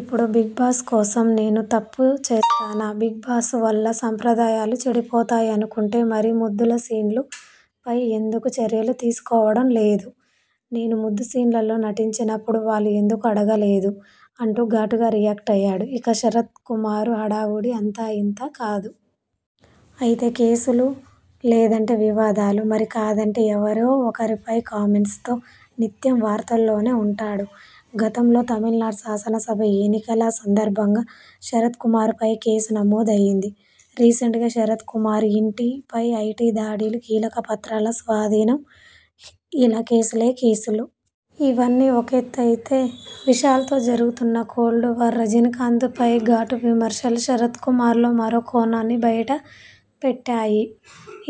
ఇప్పుడు Bigg Boss కోసం నేను తప్పు చేస్తానా? బిగ్ బాస్ వల్ల సంప్రదాయాలు చెడిపోతాయనుకుంటే మరి ముద్దుల సీన్లు పై ఎందుకు చర్యలు తీసుకోవడం లేదు, నేను ముద్దు సీన్లలో నటించినప్పుడు వాళ్లు ఎందుకు అడగలేదు? అంటూ ఘాటుగా రియాక్టయ్యాడు. ఇక శరత్ కుమార్ హడావుడి అంతా ఇంతా కాదు. అయితే కేసులు, లేదంటే వివాదాలు, మరీ కాదంటే ఎవరో ఒకరిపై కామెంట్స్ తో నిత్యం వార్తల్లోనే ఉంటాడు. గతంలో తమిళనాడు శాసన సభ ఎన్నికల సందర్భంగా శరత్ కుమార్ పై కేసు నమోదైంది. రీసెంట్గా శరత్ కుమార్ ఇంటి పై ఐటీ దాడులు, కీలక పత్రాల స్వాధీనం ఇలా కేసులే కేసులు. ఇవన్నీ ఒకెత్తైతే విశాల్తో జరుగుతున్న కోల్డ్ వార్, రజినీకాంత్ పై ఘాటు విమర్శలు శరత్ కుమార్లో మరో కోణాన్ని బయట పెట్టాయి.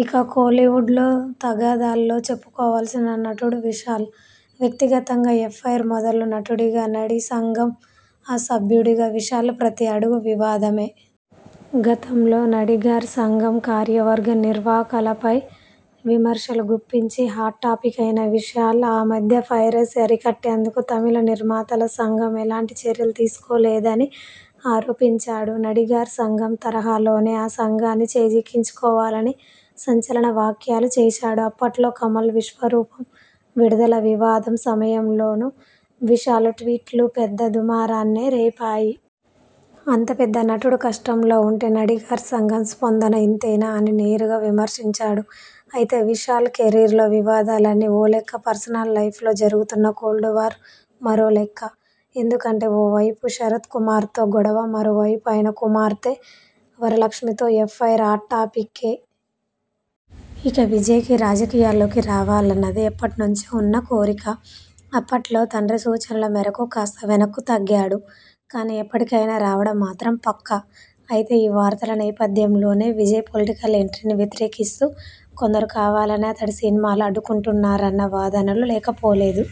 ఇక కోలీవుడ్లో తగాదాల్లో చెప్పుకోవాల్సిన నటుడు విశాల్. వ్యక్తిగతంగా ఎఫైర్ మొదలు నటుడిగా, నడి సంఘం ఆ సభ్యుడిగా విశాల్ ప్రతి అడుగు వివాదమే. గతంలో నడిగర్ సంఘం కార్యవర్గ నిర్వాకాలపై విమర్శలు గుప్పించి హాట్ టాపిక్ అయిన విశాల్ ఆ మధ్య పైరసీ అరికట్టేందుకు తమిళ నిర్మాతల సంఘం ఎలాంటి చర్యలు తీసుకోలేదని ఆరోపించాడు. నడిగర్ సంఘం తరహాలోనే ఆ సంఘాన్ని చేజిక్కించుకోవాలని సంచలన వ్యాఖ్యలు చేశాడు. అప్పట్లో కమల్ విశ్వరూపం విడుదల వివాదం సమయంలోనూ విశాల్ ట్వీట్లు పెద్ద దుమారాన్నే రేపాయ్. అంత పెద్ద నటుడు కష్టంలో ఉంటే నడిగర్ సంఘం స్పందన ఇంతేనా? అని నేరుగా విమర్శించాడు. అయితే విశాల్ కెరీర్లో వివాదాలన్నీ ఓ లెక్క పర్సనల్ లైఫ్లో జరుగుతున్న కోల్డ్ వార్ మరో లెక్క. ఎందుకంటే ఓ వైపు శరత్ కూమార్తో గొడవ, మరో వైపు ఆయన కుమార్తె వరలక్ష్మితో ఎఫైర్ హాట్ టాపిక్కే. ఇక విజయ్కి రాజకీయాల్లోకి రావాలన్నది ఎప్పటి నుంచో ఉన్న కోరిక. అప్పట్లో తండ్రి సూచనల మేరకు కాస్త వెనక్కు తగ్గాడు కానీ.. ఎప్పటికైనా రావడం మాత్రం పక్కా. అయితే ఈ వార్తల నేపథ్యం లోనే విజయ్ పొలిటికల్ ఎంట్రీని వ్యతిరేకిస్తూ కొందరు కావాలనే అతడి సినిమాలు అడ్డుకుంటున్నారన్న వాదనలూ లేకపోలేదు.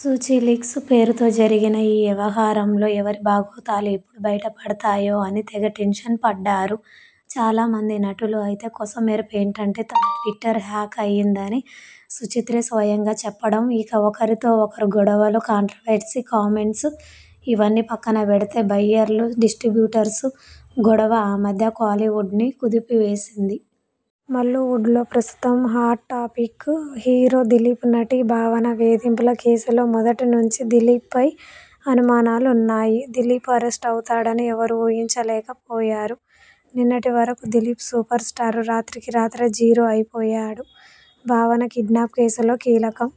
సుచీ లీక్స్ పేరుతో జరిగిన ఈ వ్యవహారంలో ఎవరి బాగోతాలు ఎప్పుడు బయట పడతాయో అని తెగ టెన్షన్ పడ్డారు చాలామంది నటులు. అయితే కొసమెరుపేంటంటే.. తన ట్విట్టర్ హ్యాక్ అయిందని సుచిత్రే స్వయంగా చెప్పడం. ఇక ఒకరితో ఒకరి గొడవలు, కాంట్రవర్శీ కామెంట్స్ ఇవన్నీ పక్కన పెడితే బయ్యర్లు-డిస్టిబ్యూటర్స్ గొడవ ఆ మధ్య కోలీవుడ్ను కుదిపివేసింది. మల్లూవుడ్లో ప్రస్తుతం హాట్ టాపిక్ హీరో దిలీప్. నటి భావన వేధింపుల కేసులో మొదటి నుంచీ దిలీప్పై అనుమానులున్నాయి దిలీప్ అరెస్టవుతాడని ఎవ్వరూ ఊహించలేక పోయారు. నిన్నటి వరకూ దిలీప్ సూపర్ స్టార్. రాత్రికి రాత్రే జీరో అయిపోయాడు. భావన కిడ్నాప్ కేసులో కీలక